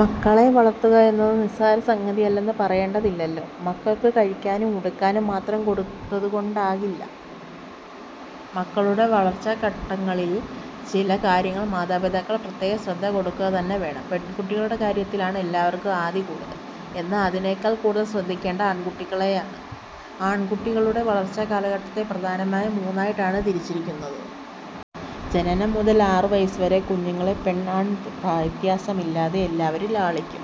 മക്കളെ വളർത്തുക എന്നത് നിസ്സാര സംഗതിയല്ലെന്ന് പറയേണ്ടതില്ലല്ലോ. മക്കൾക്ക് കഴിക്കാനും ഉടുക്കാനും മാത്രം കൊടുത്തതുകൊണ്ടായില്ല. മക്കളുടെ വളർച്ചാഘട്ടങ്ങളിൽ ചില കാര്യങ്ങളിൽ മാതാപിതാക്കൾ പ്രത്യേക ശ്രദ്ധ കൊടുക്കുകതന്നെ വേണം. പെൺകുട്ടികളുടെ കാര്യത്തിലാണ് എല്ലാവർക്കും ആധി കൂടുതൽ. എന്നാൽ അതിനേക്കാൾ കൂടുതൽ ശ്രദ്ധിക്കേണ്ടത് ആൺകുട്ടികളെയാണ്. ആൺകുട്ടികളുടെ വളർച്ചാഘട്ടത്തെ പ്രധാനമായും മൂന്നായിട്ടാണ് തിരിച്ചിരിക്കുന്നത്. ജനനം മുതൽ ആറു വയസ്സുവരെ കുഞ്ഞുങ്ങളെ പെൺ ആണ് വ്യത്യാസമില്ലാതെ എല്ലാവരും ലാളിക്കും.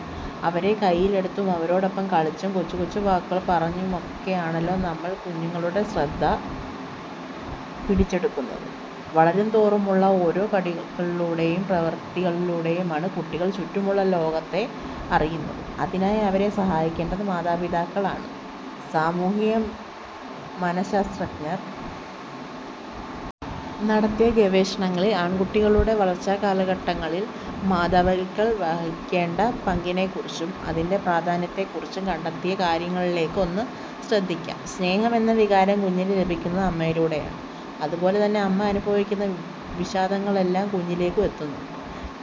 അവരെ കൈയിലെടുത്തും അവരോടൊപ്പം കളിച്ചും കൊച്ചുകൊച്ചു വാക്കുകൾ പറഞ്ഞുമൊക്കെയാണല്ലോ നമ്മൾകുഞ്ഞുങ്ങളുടെ ശ്രദ്ധ പിടച്ചെടൃക്കുന്നത്. വളരുന്തോറുമുള്ള ഓരോ കളികളിലൂടെയും പ്രവൃത്തികളിലൂടെയുമാണ് കുട്ടികൾ ചുറ്റുമുള്ള ലോകത്തെ അറിയുന്നത്. അതിനായി അവരെ സഹായിക്കേണ്ടത് മാതാപിതാക്കളാണ്. സാമൂഹ്യമനഃശാസ്ത്രജ്ഞർ നടത്തിയ ഗവേഷണങ്ങളിൽ ആൺകുട്ടികളുടെ വളർച്ചാഘട്ടങ്ങളിൽ മാതാപിതാക്കൾ വഹിക്കേണ്ട പങ്കിനെക്കുറിച്ചും അതിന്റെ പ്രാധാന്യത്തെക്കുറിച്ചും കണ്ടെത്തിയ കാര്യങ്ങളിലേക്ക് ഒന്ന് ശ്രദ്ധിക്കാം. സ്നേഹം എന്ന വികാരം കുഞ്ഞിന് ലഭിക്കുന്നത് അമ്മയിലൂടെയാണ്. അതുപോലെതന്നെ അമ്മ അനുഭവിക്കുന്ന വിഷാദങ്ങളെല്ലാം കുഞ്ഞിലേക്കും എത്തുന്നുണ്ട്.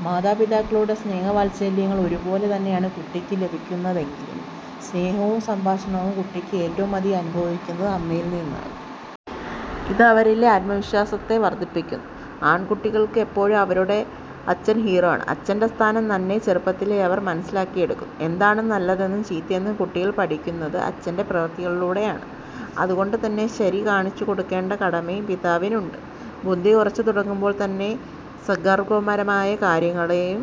മാതാപിതാക്കളുടെ സ്നേഹവാത്സല്യങ്ങൾ ഒരുപോലെ തന്നെയാണ് കുട്ടികൾക്ക് ലഭിക്കുന്നതെങ്കിലും സ്നേഹവും സംഭാഷണവും കുട്ടികൾ ഏറ്റവുമധികം അനുഭവിക്കുന്നത് അമ്മയിൽ നിന്നാണ്. ഇത് അവരിലെ ആത്മവിശ്വാസത്തെ വർധിപ്പിക്കുന്നു. ആൺകുട്ടികൾക്ക് എപ്പോഴും അവരുടെ അച്ഛൻ ഹീറോയാണ്. അച്ഛന്റെ സ്ഥാനം നന്നേ ചെറുപ്പത്തിലേ അവർ മനസ്സിലാക്കിയെടുക്കുന്നു. എന്താണ് നല്ലതെന്നും ചീത്തയെന്നും കുട്ടികൾ പഠിക്കുന്നത് അച്ഛന്റെ പ്രവൃത്തികളിലൂടെയാണ്. അതുകൊണ്ടുതന്നെ ശരി കാണിച്ചുകൊടുക്കേണ്ട കടമയും പിതാവിനുണ്ട്. ബുദ്ധി ഉറച്ചുതുടങ്ങുമ്പോൾ തന്നെ സന്മാർഗപരമായ കാര്യങ്ങളും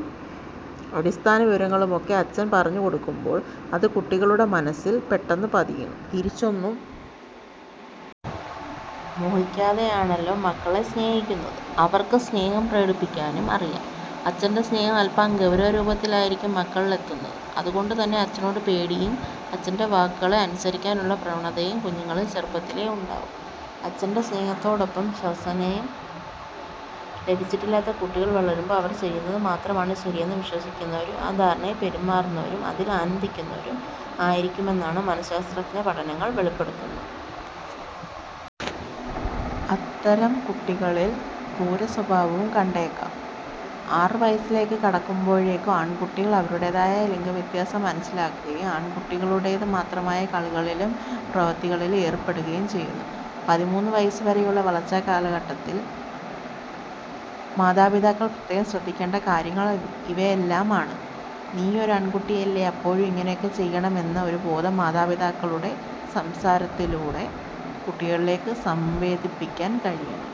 അടിസ്ഥാന വിവരങ്ങളുമൊക്കെ അച്ഛൻ പറഞ്ഞുകൊടുക്കുമ്പോൾ അത് കുട്ടികളുടെ മനസ്സിൽ പെട്ടെന്ന് പതിയുന്നു. തിരിച്ചൊന്നും മോഹിക്കാതെയാണല്ലോ മക്കളെ സ്നേഹിക്കുന്നത്. അവർക്ക് സ്നേഹം പ്രകടിപ്പിക്കാനും അറിയാം. അച്ഛന്റെ സ്നേഹം അൽപം ഗൗരവരൂപത്തിലായിരിക്കും മക്കളിലേക്കെത്തുന്നത്. അതുകൊണ്ടുതന്നെ അച്ഛനോട് പേടിയും അച്ഛന്റെ വാക്കുകളെ അനുസരിക്കാനുള്ള പ്രവണതയും കുഞ്ഞുങ്ങളിൽ ചെറുപ്പത്തിലേ ഉണ്ടാകും. അച്ഛന്റെ സ്നേഹത്തോടൊപ്പം ശാസനയും ലഭിച്ചിട്ടില്ലാത്ത കുട്ടികൾ വളരുമ്പോൾ അവർ ചെയ്യുന്നത് മാത്രമാണ് ശരിയെന്ന് വിശ്വസിക്കുന്നവരും ആ ധാരണയിൽ പെരുമാറുന്നവരും അതിൽ ആനന്ദിക്കുന്നവരും ആയിരിക്കുമെന്നാണ് മനഃശാസ്ത്ര പഠനങ്ങൾ വെളിപ്പെടുത്തുന്നത്. അത്തരം കുട്ടികളിൽ ക്രൂരസ്വഭാവവും കണ്ടേക്കാം. ആറു വയസ്സിലേക്ക് കടക്കുമ്പോഴേക്കും ആൺകുട്ടികൾ അവരുടേതായ ലിംഗവ്യത്യാസം മനസ്സിലാക്കുകയും ആൺകുട്ടികളുടേതു മാത്രമായ കളികളിലും പ്രവൃത്തികളിലും ഏർപ്പെടുകയും ചെയ്യുന്നു. പതിമൂന്ന് വയസ്സുവരെയുള്ള വളർച്ചാഘട്ടത്തിൽ മാതാപിതാക്കൾ പ്രത്യേകം ശ്രദ്ധിക്കേണ്ട കാര്യങ്ങൾ ഇവയെല്ലാമാണ്. നീയൊരു ആൺകുട്ടിയല്ലേ, അപ്പോൾ ഇങ്ങനെയൊക്കെ ചെയ്യണം എന്ന ഒരു ബോധം മാതാപിതാക്കളുടെ സംസാരത്തിലൂടെ കുട്ടികളിലേക്ക് സംവേദിപ്പിക്കാൻ കഴിയണം.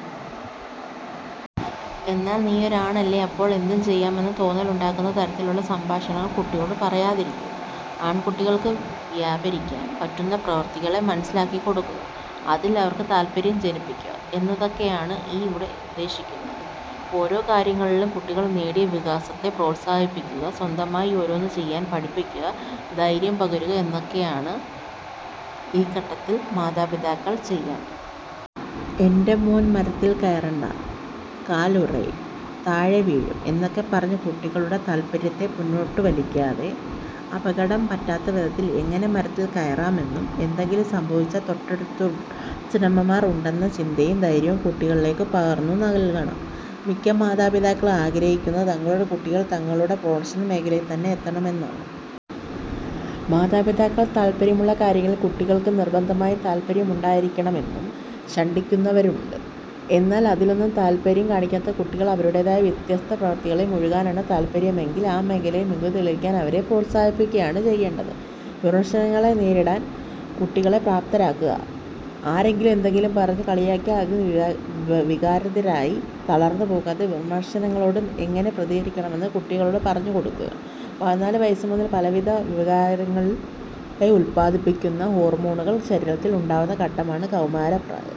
എന്നാൽ നീയൊരാണല്ലേ, അപ്പോൾ എന്തും ചെയ്യാം എന്ന തോന്നലുണ്ടാകുന്ന തരത്തിലുള്ള സംഭാഷണങ്ങൾ കുട്ടികളോട് പറയാതിരിക്കുക. ആൺകുട്ടികൾക്ക് വ്യാപരിക്കാൻ പറ്റുന്ന പ്രവൃത്തികളെ മനസ്സിലാക്കിക്കൊടുക്കുക, അതിൽ അവർക്ക് താൽപര്യം ജനിപ്പിക്കുക എന്നതൊക്കെയാണ് ഇവിടെ ഉദ്ദേശിക്കുന്നത്. ഓരോ കാര്യങ്ങളിലും കുട്ടികൾ നേടിയ വികാസത്തെ പ്രോത്സാഹിപ്പിക്കുക, സ്വന്തമായി ഓരോന്നും ചെയ്യാൻ പഠിപ്പിക്കുക, ധൈര്യം പകരുക എന്നതൊക്കെയാണ് ഈ ഘട്ടത്തിൽ മാതാപിതാക്കൾ ചെയ്യേണ്ടത്. എന്റെ മോൻ മരത്തിൽ കയറണ്ട, കാലുറയും, താഴെ വീഴും എന്നൊക്കെ പറഞ്ഞ് കുട്ടികളുടെ താൽപര്യത്തെ പിന്നോട്ടുവലിക്കാതെ അപകടം പറ്റാത്തവിധത്തിൽ എങ്ങനെ മരത്തിൽ കയറാമെന്നും എന്തെങ്കിലും സംഭവിച്ചാൽ തൊട്ടടുത്ത് അച്ഛനമ്മമാർ ഉണ്ടെന്ന ചിന്തയും ധൈര്യവും കുട്ടികളിലേക്ക് പകർന്നുനൽകണം. മിക്ക മാതാപിതാക്കളും ആഗ്രഹിക്കുന്നത് തങ്ങളുടെ കുട്ടികൾ തങ്ങളുടെ പ്രൊഫഷണൽ മേഖലയിൽ തന്നെ എത്തണമെന്നാണ്. മാതാപിതാക്കൾക്ക് താൽപര്യമുള്ള കാര്യങ്ങളിൽ കുട്ടികൾക്കും നിർബന്ധമായും താൽപര്യമുണ്ടായിരിക്കണം എന്നും ശഠിക്കുന്നവരുമുണ്ട്. എന്നാൽ അതിലൊന്നും താൽപര്യം കാണിക്കാതെ കുട്ടികൾ അവരുടേതായ വ്യത്യസ്ത പ്രവൃത്തികളിൽ മുഴുകാനാണ് താൽപര്യമെങ്കിൽ ആ മേഖലയിൽ മികവ് തെളിയിക്കാൻ അവരെ പ്രോത്സാഹിപ്പിക്കുകയാണ് ചെയ്യേണ്ടത്. വിമർശനങ്ങളെ നേരിടാൻ കുട്ടികളെ പ്രാപ്തരാക്കുക. ആരെങ്കിലും എന്തെങ്കിലും പറഞ്ഞ് കളിയാക്കിയാൽ അതിൽ വികാരാധീനനായി തളർന്നുപോകാതെ വിമർശനങ്ങളോട് എങ്ങനെ പ്രതികരിക്കണമെന്ന് കുട്ടികളോട് പറഞ്ഞുകൊടുക്കുക. പതിനാലു വയസ്സുമുതൽ പലവിധ വികാരങ്ങളെ ഉൽപാദിപ്പിക്കുന്ന ഹോർമോണുകൾ ശരീരത്തിൽ ഉണ്ടാകുന്ന ഘട്ടമാണ് കൗമാരപ്രായം.